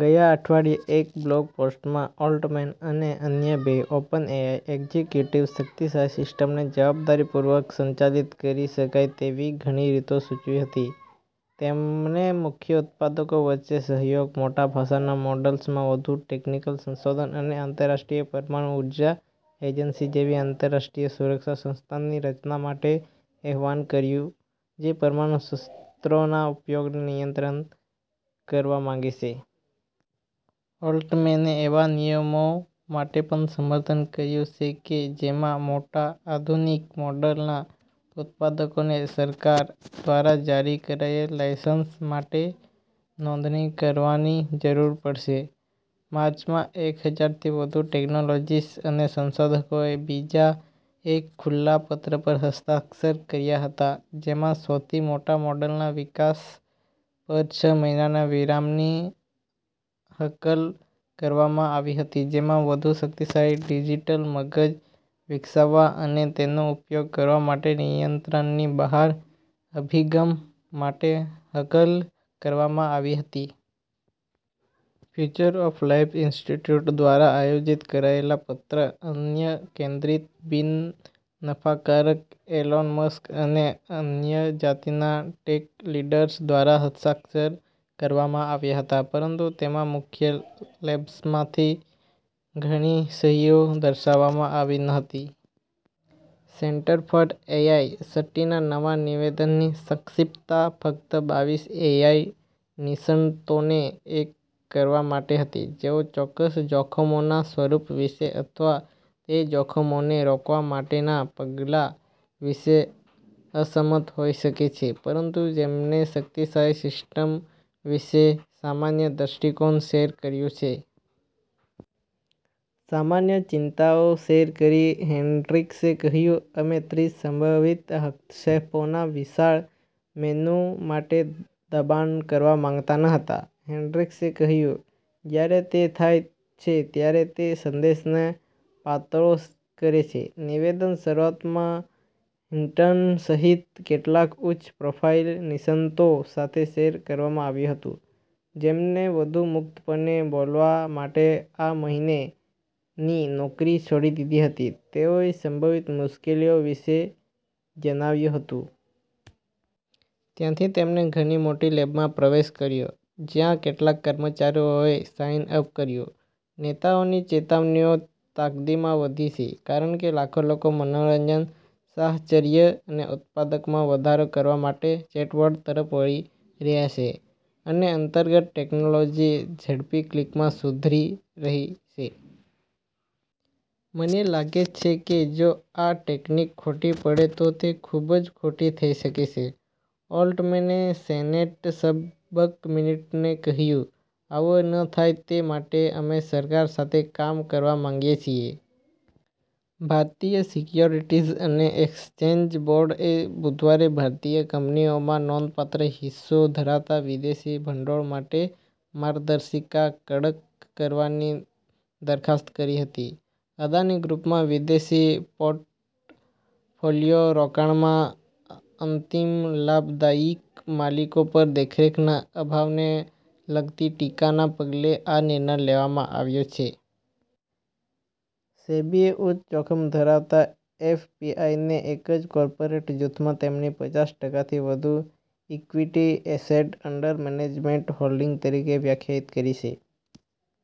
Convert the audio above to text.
ગયા અઠવાડિયે એક બ્લોગ પોસ્ટમાં, ઓલ્ટમેન અને અન્ય બે ઓપનએઆઈ એક્ઝિક્યુટિવ્સે શક્તિશાળી સિસ્ટમ્સને જવાબદારીપૂર્વક સંચાલિત કરી શકાય તેવી ઘણી રીતો સૂચવી હતી. તેમણે મુખ્ય ઉત્પાદકો વચ્ચે સહયોગ, મોટા ભાષાના મોડલ્સમાં વધુ ટેકનિકલ સંશોધન અને આંતરરાષ્ટ્રીય પરમાણુ ઉર્જા એજન્સી જેવી આંતરરાષ્ટ્રીય સુરક્ષા સંસ્થાની રચના માટે આહ્વાન કર્યું, જે પરમાણુ શસ્ત્રોના ઉપયોગને નિયંત્રિત કરવા માંગે છે. ઓલ્ટમેને એવા નિયમો માટે પણ સમર્થન વ્યક્ત કર્યું છે કે, જેમાં મોટા, અત્યાધુનિક મોડલના ઉત્પાદકોને સરકાર દ્વારા જારી કરાયેલા લાઇસન્સ માટે નોંધણી કરાવવાની જરૂર પડશે. માર્ચમાં, એક હજાર થી વધુ ટેક્નોલોજિસ્ટ્સ અને સંશોધકોએ બીજા એક ખુલ્લા પત્ર પર હસ્તાક્ષર કર્યા હતા, જેમાં સૌથી મોટા મોડલના વિકાસ પર છ મહિનાના વિરામની હાકલ કરવામાં આવી હતી, જેમાં "વધુ શક્તિશાળી ડિજિટલ મગજ વિકસાવવા અને તેનો ઉપયોગ કરવા માટે નિયંત્રણની બહાર અભિગમ" માટે હાકલ કરવામાં આવી હતી. ફ્યુચર ઑફ લાઇફ ઇન્સ્ટિટ્યૂટ દ્વારા આયોજિત કરાયેલા પત્ર, અન્ય -કેન્દ્રિત બિન નફાકારક, એલોન મસ્ક અને અન્ય જાણીતા ટેક લીડર્સ દ્વારા હસ્તાક્ષર કરવામાં આવ્યા હતા, પરંતુ તેમાં મુખ્ય લેબ્સમાંથી ઘણી સહીઓ દર્શાવવામાં આવી ન હતી. સેન્ટર ફોર એઆઈ સેફ્ટીના નવા નિવેદનની સંક્ષિપ્તતા ફક્ત બાવીસ એઆઈ નિષ્ણાતોને એક કરવા માટે હતી, જેઓ ચોક્કસ જોખમોના સ્વરૂપ વિશે અથવા તે જોખમોને રોકવા માટેના પગલાં વિશે અસંમત હોઈ શકે છે પરંતુ, જેમણે શક્તિશાળી સિસ્ટમ્સ વિશે સામાન્ય દ્રષ્ટિકોણ શેર કર્યું છે. સામાન્ય ચિંતાઓ શેર કરી, હેન્ડ્રીક્સે કહ્યું. "અમે ત્રીસ સંભવિત હસ્તક્ષેપોના વિશાળ મેનૂ માટે દબાણ કરવા માંગતા ન હતા," હેન્ડ્રીક્સે કહ્યું. "જ્યારે તે થાય છે, ત્યારે તે સંદેશને પાતળો કરે છે. " નિવેદન શરૂઆતમાં હિન્ટન સહિત કેટલાક ઉચ્ચ-પ્રોફાઇલ નિષ્ણાતો સાથે શેર કરવામાં આવ્યું હતું, જેમણે વધુ મુક્તપણે બોલવા માટે આ મહિને ની નોકરી છોડી દીધી હતી, તેઓએ સંભવિત મુશ્કેલીઓ વિશે જણાવ્યું હતું. ત્યાંથી, તેમણે ઘણી મોટી લેબમાં પ્રવેશ કર્યો, જ્યાં કેટલાક કર્મચારીઓએ સાઇન અપ કર્યું. નેતાઓની ચેતવણીઓ તાકીદમાં વધી છે કારણ કે, લાખો લોકો મનોરંજન, સાહચર્ય અને ઉત્પાદકતામાં વધારો કરવા માટે ચેટબોટ્સ તરફ વળી રહ્યા છે, અને અંતર્ગત ટેકનોલોજી ઝડપી ક્લિપમાં સુધારી રહી છે. "મને લાગે છે કે જો આ ટેકનિક ખોટી પડે, તો તે ખૂબ જ ખોટી થઈ શકે છે," ઓલ્ટમેને સેનેટ સબકમિટીને કહ્યું. "આવુ ન થાય તે માટે અમે સરકાર સાથે કામ કરવા માંગીએ છીએ. ભારતીય સિક્યોરિટીઝ એન્ડ એક્સચેન્જ બોર્ડ એ બુધવારે ભારતીય કંપનીઓમાં નોંધપાત્ર હિસ્સો ધરાવતા વિદેશી ભંડોળ માટે માર્ગદર્શિકા કડક કરવાની દરખાસ્ત કરી હતી. અદાણી ગ્રૂપમાં વિદેશી પોર્ટફોલિયો રોકાણમાં અંતિમ લાભદાયી માલિકો પર દેખરેખના અભાવને લગતી ટીકાના પગલે આ નિર્ણય લેવામાં આવ્યો છે. સેબીએ ઉચ્ચ જોખમ ધરાવતા એફપીઆઈને એક જ કોર્પોરેટ જૂથમાં તેમની પચાસ ટકા થી વધુ equity assets under management holding તરીકે વ્યાખ્યાયિત કરી છે.